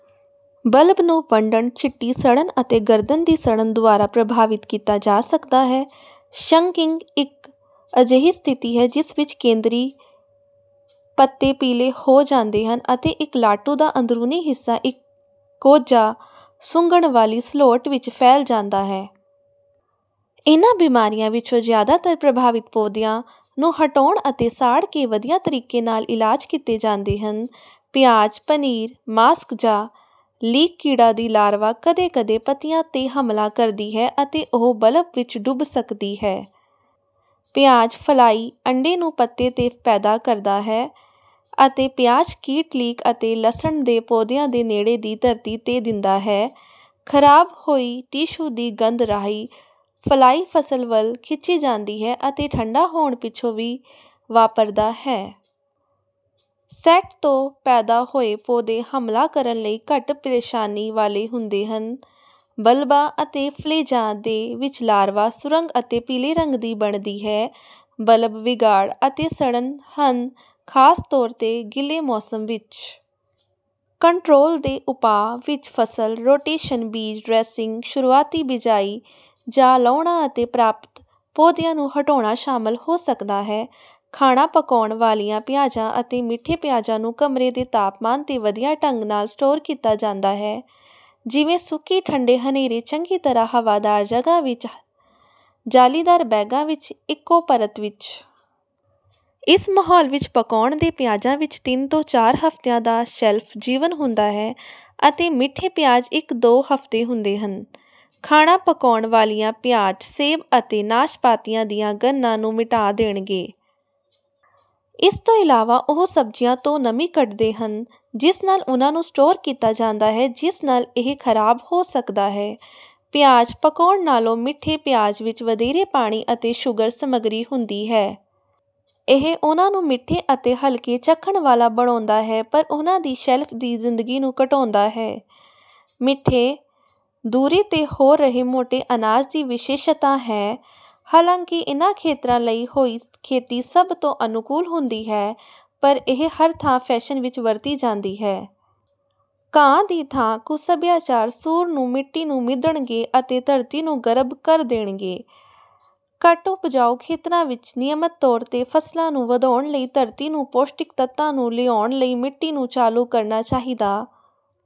Bulb ਨੂੰ ਵੰਡਣ ਚਿੱਟੀ ਸੜਨ ਅਤੇ ਗਰਦਨ ਦੀ ਸੜਨ ਦੁਆਰਾ ਪ੍ਰਭਾਵਿਤ ਕੀਤਾ ਜਾ ਸਕਦਾ ਹੈ। ਸ਼ੰਕਿੰਗ ਇੱਕ ਅਜਿਹੀ ਸਥਿਤੀ ਹੈ ਜਿਸ ਵਿੱਚ ਕੇਂਦਰੀ ਪੱਤੇ ਪੀਲੇ ਹੋ ਜਾਂਦੇ ਹਨ ਅਤੇ ਇੱਕ ਲਾਟੂ ਦਾ ਅੰਦਰੂਨੀ ਹਿੱਸਾ ਇੱਕ ਕੋਝਾ ਸੁੰਘਣ ਵਾਲੀ ਸਲੋਟ ਵਿੱਚ ਫੈਲ ਜਾਂਦਾ ਹੈ। ਇਨ੍ਹਾਂ ਬਿਮਾਰੀਆਂ ਵਿੱਚੋਂ ਜ਼ਿਆਦਾਤਰ ਪ੍ਰਭਾਵਿਤ ਪੌਦਿਆਂ ਨੂੰ ਹਟਾਉਣ ਅਤੇ ਸਾੜ ਕੇ ਵਧੀਆ ਤਰੀਕੇ ਨਾਲ ਇਲਾਜ ਕੀਤੇ ਜਾਂਦੇ ਹਨ। ਪਿਆਜ਼ ਪਨੀਰ ਮਾਸਕ ਜਾਂ ਲੀਕ ਕੀੜਾ ਦੀ ਲਾਰਵਾ ਕਦੇ ਕਦੇ ਪੱਤੀਆਂ ਤੇ ਹਮਲਾ ਕਰਦੀ ਹੈ ਅਤੇ ਉਹ ਬਲਬ ਵਿੱਚ ਡੁੱਬ ਸਕਦੀ ਹੈ। ਪਿਆਜ਼ ਫਲਾਈ ਅੰਡੇ ਨੂੰ ਪੱਤੇ ਤੇ ਪੈਦਾ ਕਰਦਾ ਹੈ ਅਤੇ ਪਿਆਜ਼ ਕੀਟ ਲੀਕ ਅਤੇ ਲਸਣ ਦੇ ਪੌਦਿਆਂ ਦੇ ਨੇੜੇ ਦੀ ਧਰਤੀ ਤੇ ਦਿੰਦਾ ਹੈ। ਖਰਾਬ ਹੋਈ ਟਿਸ਼ੂ ਦੀ ਗੰਧ ਰਾਹੀਂ ਫਲਾਈ ਫਸਲ ਵੱਲ ਖਿੱਚੀ ਜਾਂਦੀ ਹੈ ਅਤੇ ਠੰਢਾ ਹੋਣ ਪਿੱਛੋਂ ਵੀ ਵਾਪਰਦਾ ਹੈ। ਸੈੱਟ ਤੋਂ ਪੈਦਾ ਹੋਏ ਪੌਦੇ ਹਮਲਾ ਕਰਨ ਲਈ ਘੱਟ ਪ੍ਰੇਸ਼ਾਨੀ ਵਾਲੇ ਹੁੰਦੇ ਹਨ। ਬਲਬਾਂ ਅਤੇ ਫਲੇਜ਼ਾਂ ਦੇ ਵਿੱਚ ਲਾਰਵਾ ਸੁਰੰਗ ਅਤੇ ਪੀਲੇ ਰੰਗ ਦੀ ਬਣਦੀ ਹੈ। ਬਲਬ ਵਿਗਾੜ ਅਤੇ ਸੜਨ ਹਨ ਖਾਸ ਤੌਰ ਤੇ ਗਿੱਲੇ ਮੌਸਮ ਵਿੱਚ। ਕੰਟਰੋਲ ਦੇ ਉਪਾਅ ਵਿੱਚ ਫਸਲ ਰੋਟੇਸ਼ਨ ਬੀਜ ਡ੍ਰੈਸਿੰਗ ਸ਼ੁਰੂਆਤੀ ਬਿਜਾਈ ਜਾਂ ਲਾਉਣਾ ਅਤੇ ਪਰਾਪਤ ਪੌਦਿਆਂ ਨੂੰ ਹਟਾਉਣਾ ਸ਼ਾਮਲ ਹੋ ਸਕਦਾ ਹੈ। ਖਾਣਾ ਪਕਾਉਣ ਵਾਲੀਆਂ ਪਿਆਜ਼ਾਂ ਅਤੇ ਮਿੱਠੇ ਪਿਆਜ਼ਾਂ ਨੂੰ ਕਮਰੇ ਦੇ ਤਾਪਮਾਨ ਤੇ ਵਧੀਆ ਢੰਗ ਨਾਲ ਸਟੋਰ ਕੀਤਾ ਜਾਂਦਾ ਹੈ ਜਿਵੇਂ ਸੁੱਕੀ ਠੰਢੇ ਹਨੇਰੇ ਚੰਗੀ ਤਰ੍ਹਾਂ ਹਵਾਦਾਰ ਜਗ੍ਹਾ ਵਿੱਚ ਜਾਲੀਦਾਰ ਬੈਗਾਂ ਵਿੱਚ ਇੱਕੋ ਪਰਤ ਵਿੱਚ। ਇਸ ਮਾਹੌਲ ਵਿੱਚ ਪਕਾਉਣ ਦੇ ਪਿਆਜ਼ਾਂ ਵਿੱਚ ਤਿੰਨ ਤੋਂ ਚਾਰ ਹਫਤਿਆਂ ਦਾ ਸ਼ੈਲਫ ਜੀਵਨ ਹੁੰਦਾ ਹੈ ਅਤੇ ਮਿੱਠੇ ਪਿਆਜ਼ ਇੱਕ ਦੋ ਹਫਤੇ ਹੁੰਦੇ ਹਨ। ਖਾਣਾ ਪਕਾਉਣ ਵਾਲੀਆਂ ਪਿਆਜ਼ ਸੇਬ ਅਤੇ ਨਾਸ਼ਪਾਤੀਆਂ ਦੀਆਂ ਗੰਨਾਂ ਨੂੰ ਮਿਟਾ ਦੇਣਗੇ। ਇਸ ਤੋਂ ਇਲਾਵਾ ਉਹ ਸਬਜ਼ੀਆਂ ਤੋਂ ਨਮੀ ਕੱਢਦੇ ਹਨ ਜਿਸ ਨਾਲ ਉਨ੍ਹਾਂ ਨੂੰ ਸਟੋਰ ਕੀਤਾ ਜਾਂਦਾ ਹੈ ਜਿਸ ਨਾਲ ਇਹ ਖਰਾਬ ਹੋ ਸਕਦਾ ਹੈ। ਪਿਆਜ਼ ਪਕਾਉਣ ਨਾਲੋਂ ਮਿੱਠੇ ਪਿਆਜ਼ ਵਿੱਚ ਵਧੇਰੇ ਪਾਣੀ ਅਤੇ ਸ਼ੂਗਰ ਸਮੱਗਰੀ ਹੁੰਦੀ ਹੈ। ਇਹ ਉਨ੍ਹਾਂ ਨੂੰ ਮਿੱਠੇ ਅਤੇ ਹਲਕੇ ਚੱਖਣ ਵਾਲਾ ਬਣਾਉਂਦਾ ਹੈ ਪਰ ਉਨ੍ਹਾਂ ਦੀ ਸ਼ੈਲਫ ਦੀ ਜ਼ਿੰਦਗੀ ਨੂੰ ਘਟਾਉਂਦਾ ਹੈ। ਮਿੱਠੇ। ਦੂਰੀ ਤੇ ਹੋ ਰਹੇ ਮੋਟੇ ਅਨਾਜ ਦੀ ਵਿਸ਼ੇਸ਼ਤਾ ਹੈ। ਹਾਲਾਂਕਿ ਇਨ੍ਹਾਂ ਖੇਤਰਾਂ ਲਈ ਹੋਇ ਖੇਤੀ ਸਭ ਤੋਂ ਅਨੁਕੂਲ ਹੁੰਦੀ ਹੈ ਪਰ ਇਹ ਹਰ ਥਾਂ ਫੈਸ਼ਨ ਵਿੱਚ ਵਰਤੀ ਜਾਂਦੀ ਹੈ। ਘਾਹ ਦੀ ਥਾਂ ਕੁਝ ਸਭਿਆਚਾਰ ਸੂਰ ਨੂੰ ਮਿੱਟੀ ਨੂੰ ਮਿਧਣਗੇ ਅਤੇ ਧਰਤੀ ਨੂੰ ਗਰੱਬ ਕਰ ਦੇਣਗੇ। ਘੱਟ ਉਪਜਾਊ ਖੇਤਰਾਂ ਵਿੱਚ ਨਿਯਮਤ ਤੌਰ ਤੇ ਫਸਲਾਂ ਨੂੰ ਵਧਾਉਣ ਲਈ ਧਰਤੀ ਨੂੰ ਪੌਸ਼ਟਿਕ ਤੱਤਾਂ ਨੂੰ ਲਿਆਉਣ ਲਈ ਮਿੱਟੀ ਨੂੰ ਚਾਲੂ ਕਰਨਾ ਚਾਹੀਦਾ